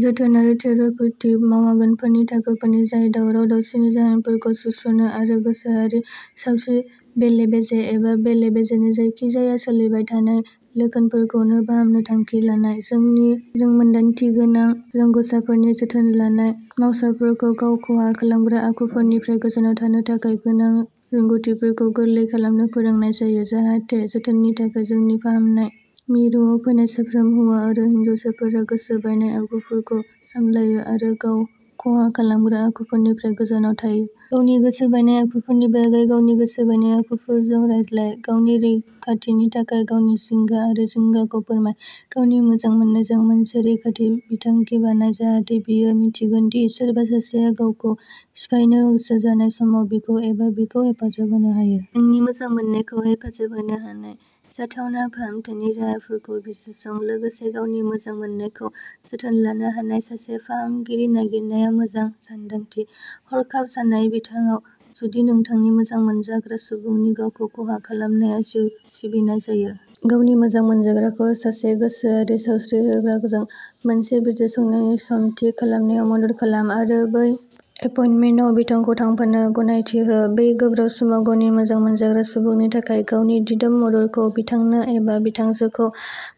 जोथोन आरो थेरापिउटिक मावआगानफोरनि थाखोफोर जाय दावराव दावसिनि जाहोनफोरखौ सुस्रांनो आरो गोसोआरि सावस्रि बेले बेजे एबा बेले-बेजेनि जायखिजाया सोलिबाय थानाय लैखोनफोरखौ फाहामनो थांखि लानाय। जोंनि रोंमोन्दांथिगोनां रोंग'सारफोरनि जोथोन लानाय मावसाफोरखौ गाव खहा खालामग्रा आखुफोरनिफ्राय गोजानाव थानो थाखाय गोनां रोंग'थिफोरखौ गोरलै खालामनो फोरोंनाय जायो जाहाथे जोथोननि थाखाय जोंनि फाहामनाय मिरुआव फैनाय साफ्रोम हौवा आरो हिनजावफोरा गोसो बायनाय आखुफोरखौ सामलायनो आरो गाव खहा खालामग्रा आखुफोरनिफ्राय गोजानाव थानो हायो। गावनि गोसो बायनाय आखुफोरनि बागै गावनि गोसो बायनाय आखुफोरजों रायज्लाय, गावनि रैखाथिनि थाखाय गावनि जिंगा आरो जिंगाखौ फोरमाय। गावनि मोजां मोनजानायजों मोनसे रैखाथि बिथांखि बानाय जाहाथे बियो मिन्थिगोन दि सोरबा सासेया गावखौ सिफायनो गोसो जानाय समाव बिखौ एबा बिखौ हेफाजाब होनो हायो। नोंनि मोजां मोनजानायखौ हेफाजाब होनो हानाय जाथावना फाहामथायनि राहाफोरखौ बिजिरसं। लोगोसे, गावनि मोजां मोनजानायखौ जोथोन लानो हानाय सासे फाहामगिरि नागिरनाया मोजां सानदांथि। हरखाब जानाय बिथायाव, जुदि नोंथांनि मोजां मोनजाग्रा सुबुंनि गावखौ खहा खालामनाया जिउ सिगिनाय जायो। गावनि मोजां मोनजाग्राखौ सासे गोसोआरि सावस्रि होग्राजों मोनसे बिजिरसंनायनि सम थि खालामनायाव मदद खालाम आरो बै एपइन्टमेन्टआव बिथांजों थांफानो गनायथि हो बे गोब्राब समाव गावनि मोजां मोनजाग्रा सुबुंनि थाखाय गावनि दिदोम मददखौ बिथांनो एबा बिथांजोखौ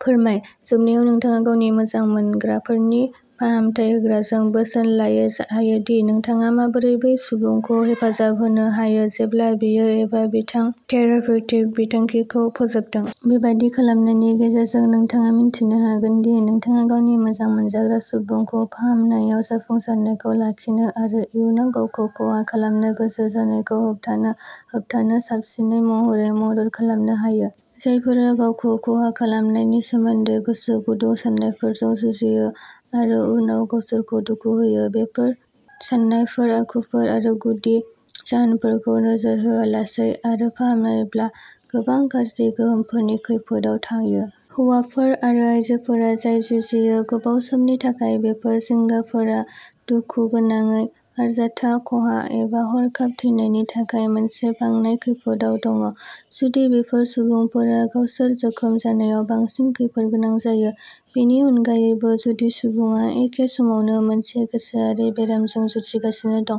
फोरमाय जोबनायाव नोंथाङा गावनि मोजां मोनग्राफोरनि फाहामथाय होग्राजों बोसोन लायो हायो दि नोंथाङा माबोरै बै सुबुंखौ हेफाजाब होनो हायो जेब्ला बियो एबा बिथां थेरापिउटिक बिखान्थिखौ फोजोबदों। बेबादि खालामनायनि गेजेरजों, नोंथाङा मिन्थिनो हागोन दि नोंथाङा गावनि मोजां मोनजाग्रा सुबुंखौ फाहामनायाव जाफुंसारनायखौ लाखिनो आरो इयुनाव गावखौ खहा खालामनो गोसो जानायखौ होबथानो होबथानो साबसिनै माबोरै मदद खालामनो हायो। जायफोरा गावखौ खहा खालामनायनि सोमोनदै गोसो गुदुं साननायफोरजों जुजिङो आरो उनाव गावसोरखौ दुखु होयो, बेफोर साननायफोर, आखुफोर आरो गुदि जाहोनफोरखौ नोजोर होआलासै आरो फाहामजायाब्ला गोबां गाज्रि गोहोमफोरनि खैफोदआव थायो। हौवाफोर आरो आइजोफोरा जाय जुजियो। गोबाव समनि थाखाय बेफोर जिंगाफोरा दुखु गोनाङै अरायथा खहा एबा हरखाब थैनायनि थाखाय मोनसे बांनाय खैफोदआव दङ, जुदि बेफोर सुबुंफोरा गावसोर जोखोम जानाया बांसिन खैफोदगोनां जायो। बेनि अनगायैबो, जुदि सुबुङा एखे समावनो मोनसे गोसोआरि बेरामजों जुजिगासिनो दं,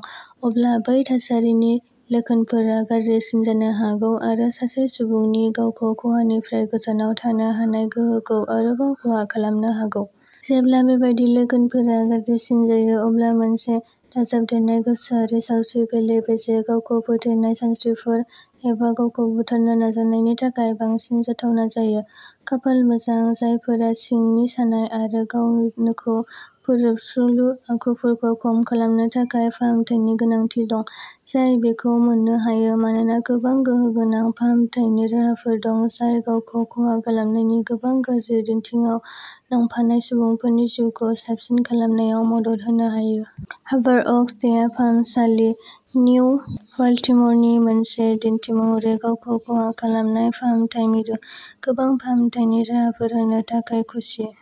अब्ला बै थासारिनि लैखोनफोरा गाज्रिसिन जानो हागौ आरो सासे सुबुंनि गावखौ खहानिफ्राय गोजानाव थानो हानाय गोहोखौ आरोबाव खहा खालामनो हागौ। जेब्ला बेबादि लैखोनफोरा गाज्रिसिन जायो, अब्ला मोनसे दाजाबदेरनाय गोसोआरि सावस्रि बेले बेजे, गावखौ फोथैनाय सानस्रिफोर, एबा गावखौ बुथारनो नाजानायनि थाखाय बांसिन जाथावना जायो। खाफाल मोजां, जायफोरा सिंनि सानाय आरो गावखौ फोजोबस्रांलु आखुफोरखौ खम खालामनो थाखाय फाहामथायनि गोनांथि दं, जाय बेखौ मोननो हायो मानोना गोबां गोहोमगोनां फाहामथायनि राहाफोर दं जाय गावखौ खहा खालामनायनि गोबां गाज्रि गिदिंथायाव नांफानाय सुबुंफोरनि जिउखौ साबसिन खालामनायाव मदद होनो हायो। हार्बर अक्स देहा फाहामसालि, निउ बाल्टिम'रनि मोनसे दिन्थिमहरै गावखौ खहा खालामनाय फाहामथाय मिरु, गोबां फाहामथायनि राहाफोर होनो थाखाय खुसि।